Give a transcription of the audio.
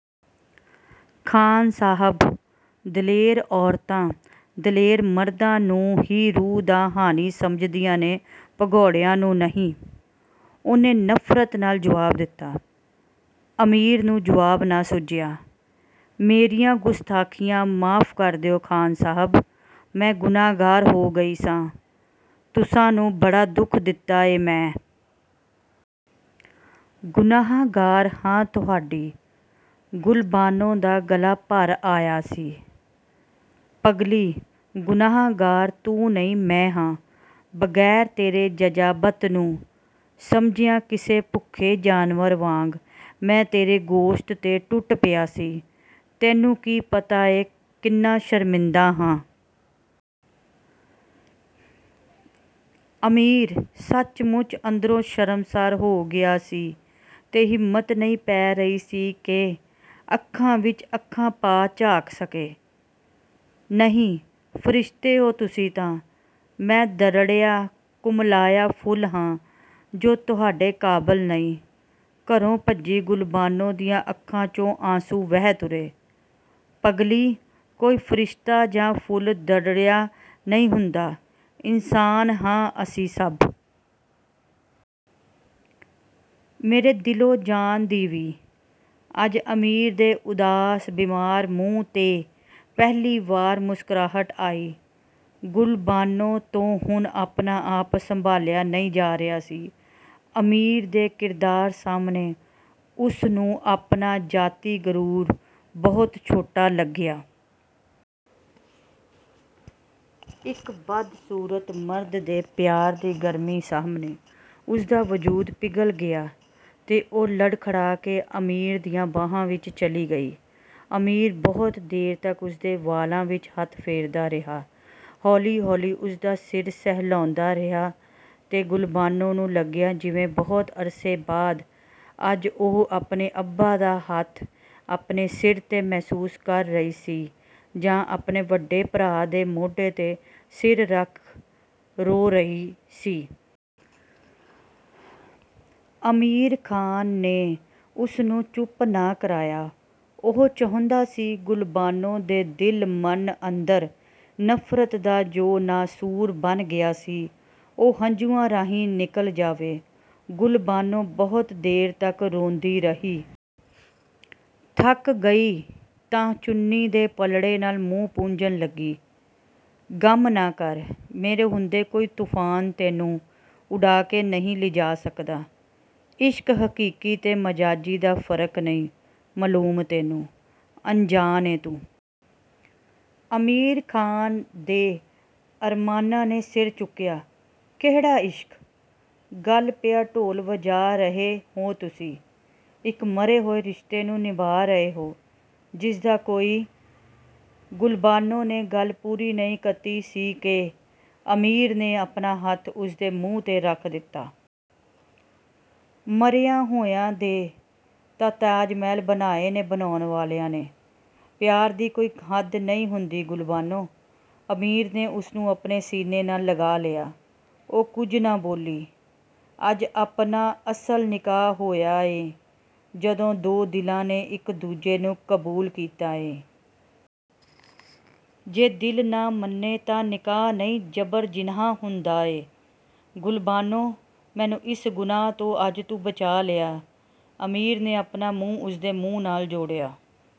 "ਖ਼ਾਨ ਸਾਹਬ ਦਲੇਰ ਔਰਤਾ, ਦਲੇਰ ਮਰਦਾ ਨੂੰ ਹੀ ਰੂਹ ਦਾ ਹਾਣੀ ਸਮਝਦੀਆਂ ਨੇ ਭਗੋੜਿਆਂ ਨੂੰ ਨਹੀਂ "… ਉਹਨੇ ਨਫਰਤ ਨਾਲ ਜਵਾਬ ਦਿਤਾ….. ਅਮੀਰ ਨੂੰ ਜੁਵਾਬ ਨਾ ਸੁੱਝਿਆ। "ਮੇਰੀਆਂ ਗੁਸਤਾਖ਼ੀਆਂ ਮਾਫ਼ ਕਰ ਦਿਉ ਖਾਨ ਸਾਹਬ… ਮੈਂ ਗੁੰਨਹਾਗਾਰ ਹੋ ਗਈ ਸਾਂ… ਤੁਸਾਂ ਨੂੰ ਬੜਾ ਦੁੱਖ ਦਿਤਾ ਏ ਮੈਂ। ਗੁਨਾਹਗਾਰ ਹਾਂ ਤੁਹਾਡੀ"…. ਗੁਲਬਾਨੋ ਦਾ ਗਲਾ ਭਰ ਆੲਆ ਸੀ। "ਪਗਲੀ"… ਗੁਨਾਹਗਾਰ ਤੂੰ ਨਹੀਂ ਮੈਂ ਹਾਂ। ਬਗੈਰ ਤੇਰੇ ਜਜ਼ਾਬਤ ਨੂੰ ਸਮਝਿਆਂ ਕਿਸੇ ਭੁੱਖੇ ਜਾਨਵਰ ਵਾਂਗ ਮੈਂ ਤੇਰੇ ਗੋਸ਼ਤ 'ਤੇ ਟੁੱਟ ਪਿਆ ਸੀ.. ਤੈਨੂੰ ਕੀ ਪਤਾ ਏਂ ਕਿੰਨਾ ਸ਼ਰਮਿੰਦਾਂ ਹਾਂ। ਅਮੀਰ ਸੱਚਮੁੱਚ ਅੰਦਰੋਂ ਸ਼ਰਮਸਾਰ ਹੋ ਗਿਆ ਸੀ ਤੇ ਹਿੰਮਤ ਨਹੀ ਪੈ ਰਹੀ ਸੀ ਕਿ ਅੱਖਾਂ, ਚ' ਅੱਖਾ ਪਾ ਝਾਕ ਸਕੇ। "ਨਹੀਂ.. ਫਰਿਸ਼ਤੇ ਹੋ ਤੁਸੀ ਤਾਂ.. ਮੈਂ ਦਰੜਿਆ, ਕੁਮਲਾਇਆ ਫੁੱਲ ਹਾਂ ਜੋ ਤੁਹਾਡੇ ਕਾਬਲ ਨਹੀ, ਘਰੋ ਭੱਜੀ"ਗੁਲਬਾਨੋ ਦੀਆਂ ਅੱਖਾਂ, ਚੋਂ 'ਆਂਸੂ ਵਹਿ ਤੁਰੇ… "ਪਗਲੀ ਕੋਈ ਫਰਿਸ਼ਤਾ ਜਾਂ ਫੁੱਲ ਦ੍ਰੜਿਆ ਨਹੀ ਹੁੰਦਾਂ, ਇਨਸਾਨ ਹਾਂ ਅਸੀ ਸੱਭ.. ਮੇਰੇ ਦਿਲੋਂ ਜਾਨ ਦੀ ਵੀ"ਅੱਜ ਅਮੀਰ ਦੇ ਉਦਾਸ, ਬੀਮਾਰ ਮੂੰਹ ਤੇਂ ਪਹਿਲੀ ਵਾਰ ਮੁਸਕ੍ਰਾਹਟ ਆਈ। ਗੁਲਬਾਨੋ ਤੋਂ ਹੁਣ ਆਪਣਾ ਆਪ ਸੰਭਾਲਿਆ ਨਹੀ ਜਾ ਰਿਹਾ ਸੀ। ਅਮੀਰ ਦੇ ਕਿਰਦਾਰ ਸਾਹਮਣੇ ਉਸਨੂੰ ਆਪਣਾ ਜਾਤੀ ਗਰੂਰ ਬਹੁਤ ਛੋਟਾ ਲੱਗਿਆ। ਇਕ ਬਦਸੂਰਤ ਮਰਦ ਦੇ ਪਿਆਰ ਦੀ ਗਰਮੀ ਸਾਹਮਣੇ ਉਸਦਾ ਵਜੂਦ ਪਿਘਲ ਗਿਆ ਤੇ ਉਹ ਲੜਖੜਾ ਕੇ ਅਮੀਰ ਦੀਆਂ ਬਾਹਾਂ ਵਿੱਚ ਚਲੀ ਗਈ। ਅਮੀਰ ਬਹੁਤ ਦੇਰ ਤੱਕ ਉਸਦੇ ਵਾਲਾਂ ਵਿੱਚ ਹੱਥ ਫੇਰਦਾ ਰਿਹਾ। ਹੌਲੀ ਹੌਲੀ ਉਸਦਾ ਦਾ ਸਿਰ ਸਹਿਲਾਓਦਾਂ ਰਿਹਾ ਤੇ ਗੁਲਬਾਨੋ ਨੂੰ ਲੱਗਿਆ ਜਿਵੇਂ ਬਹੁਤ ਅਰਸੇ ਬਾਅਦ ਅੱਜ ਉਹ ਆਪਣੇ ਅੱਬਾ ਦਾ ਹੱਥ ਆਪਣੇ ਸਿਰ 'ਤੇ ਮਹਿਸੂਸ ਕਰ ਰਹੀ ਸੀ ਜਾਂ ਆਪਣੇ ਵੱਡੇ ਭਰਾ ਦੇ ਮੋਢੇ 'ਤੇ ਸਿਰ ਰੱਖ ਰੋ ਰਹੀ ਸੀ। ਅਮੀਰ ਖਾਨ ਨੇ ਉਸ ਨੂੰ ਚੁੱਪ ਨਾ ਕਰਾਇਆ। ਉਹ ਚਾਹੁੰਦਾ ਸੀ ਗੁਲਬਾਨੋ ਦੇ ਦਿਲ-ਮਨ ਅੰਦਰ ਨਫਰਤ ਦਾ ਜੋ ਨਾਸੂਰ ਬਣ ਗਿਆ ਸੀ, ਉਹ ਹੰਝੂਆਂ ਰਾਹੀ ਨਿਕਲ ਜਾਵੇ। ਗੁਲਬਾਨੋ ਬਹੁਤ ਦੇਰ ਤੱਕ ਰੋਂਦੀ ਰਹੀ। ਥੱਕ ਗਈ ਤਾਂ ਚੁੰਨੀ ਦੇ ਪਲੜੇ ਨਾਲ ਮੂੰਹ ਪੂੰਝਣ ਲੱਗੀ…। "ਗਮ ਨਾ ਕਰ "… ਮੇਰੇ ਹੁੰਦੇ ਕੋਈ ਤੂਫਾਨ ਤੈਨੂੰ ਉਡਾ ਕੇ ਨਹੀ ਲਿਜਾ ਸਕਦਾ।….. "ਇਸ਼ਕ ਹਕੀਕੀ ਤੇ ਮਾਜਾਜੀ ਦਾ ਫਰਕ ਨਹੀਂ ਮਲੂਮ ਤੈਨੂੰ… ਅਨਜਾਨ ਏਂ ਤੂੰ "..! ਅਮੀਰ ਖਾਨ ਦੇ ਅਰਮਾਨਾਂ ਨੇ ਸਿਰ ਚੁਕਿਆ। "ਕਿਹੜਾ ਇਸ਼ਕ"…! ਗਲ ਪਿਆ ਢੋਲ ਵਜਾ ਰਹੇ ਹੋਂ ਤੁਸੀ। ਇਕ ਮਰੇ ਹੋਏ ਰਿਸ਼ਤੇ ਨੂੰ ਨਿਭਾ ਰਹੇ ਹੋ….. ਜਿਸ ਦਾ ਕੋਈ…!! ਗੁਲਬਾਨੋ ਨੇ ਗੱਲ ਪੂਰੀ ਨਹੀਂ ਕਤੀ ਸੀ ਕਿ ਅਮੀਰ ਨੇ ਆਪਣਾ ਹੱਥ ਉਸ ਦੇ ਮੂੰਹ ਤੇ ਰੱਖ ਦਿਤਾ…..। "ਮਰਿਆਂ ਹੋਇਆਂ ਦੇ 'ਤਾਂ ਤਾਜਮਹਿਲ ਬਣਾਏ ਨੇ… ਬਣਾਉਣ ਵਾਲਿਆਂ ਨੇ…. ਪਿਆਰ ਦੀ ਕੋਈ ਹੱਦ ਨਹੀ ਹੁੰਦੀ ਗੁਲਬਾਨੋ "…. ਅਮੀਰ ਨੇ ਉਸਨੂੰ ਆਪਣੇ ਸੀਨੇ ਨਾਲ ਲਗਾ ਲਿਆ, ਉਹ ਕੁਝ ਨਾ ਬੋਲੀ। "ਅੱਜ ਆਪਣਾ ਅਸਲ ਨਿਕਾਹ ਹੋਇਆ ਏਂ ਜਦੋਂ ਦੋ ਦਿਲਾਂ ਨੇ ਇੱਕ ਦੂਜੇ ਨੂੰ ਕਬੂਲ ਕੀਤਾ ਏਂ। ਜੇ ਦਿਲ ਨਾ ਮੰਨੇ ਤਾਂ ਨਿਕਾਹ ਨਹੀ ਜਬਰਜਿਨਾਹ ਹੁੰਦਾਂ ਏਂ। ਗੁਲਬਾਨੋ ਮੈਨੂੰ ਇਸ ਗੁਨਾਹ ਤੋਂ ਅੱਜ ਤੂੰ ਬਚਾ ਲਿਆ …। ਅਮੀਰ ਨੇ ਆਪਣਾ ਮੂੰਹ ਉਸਦੇ ਮੂੰਹ ਨਾਲ ਜੋੜਿਆ।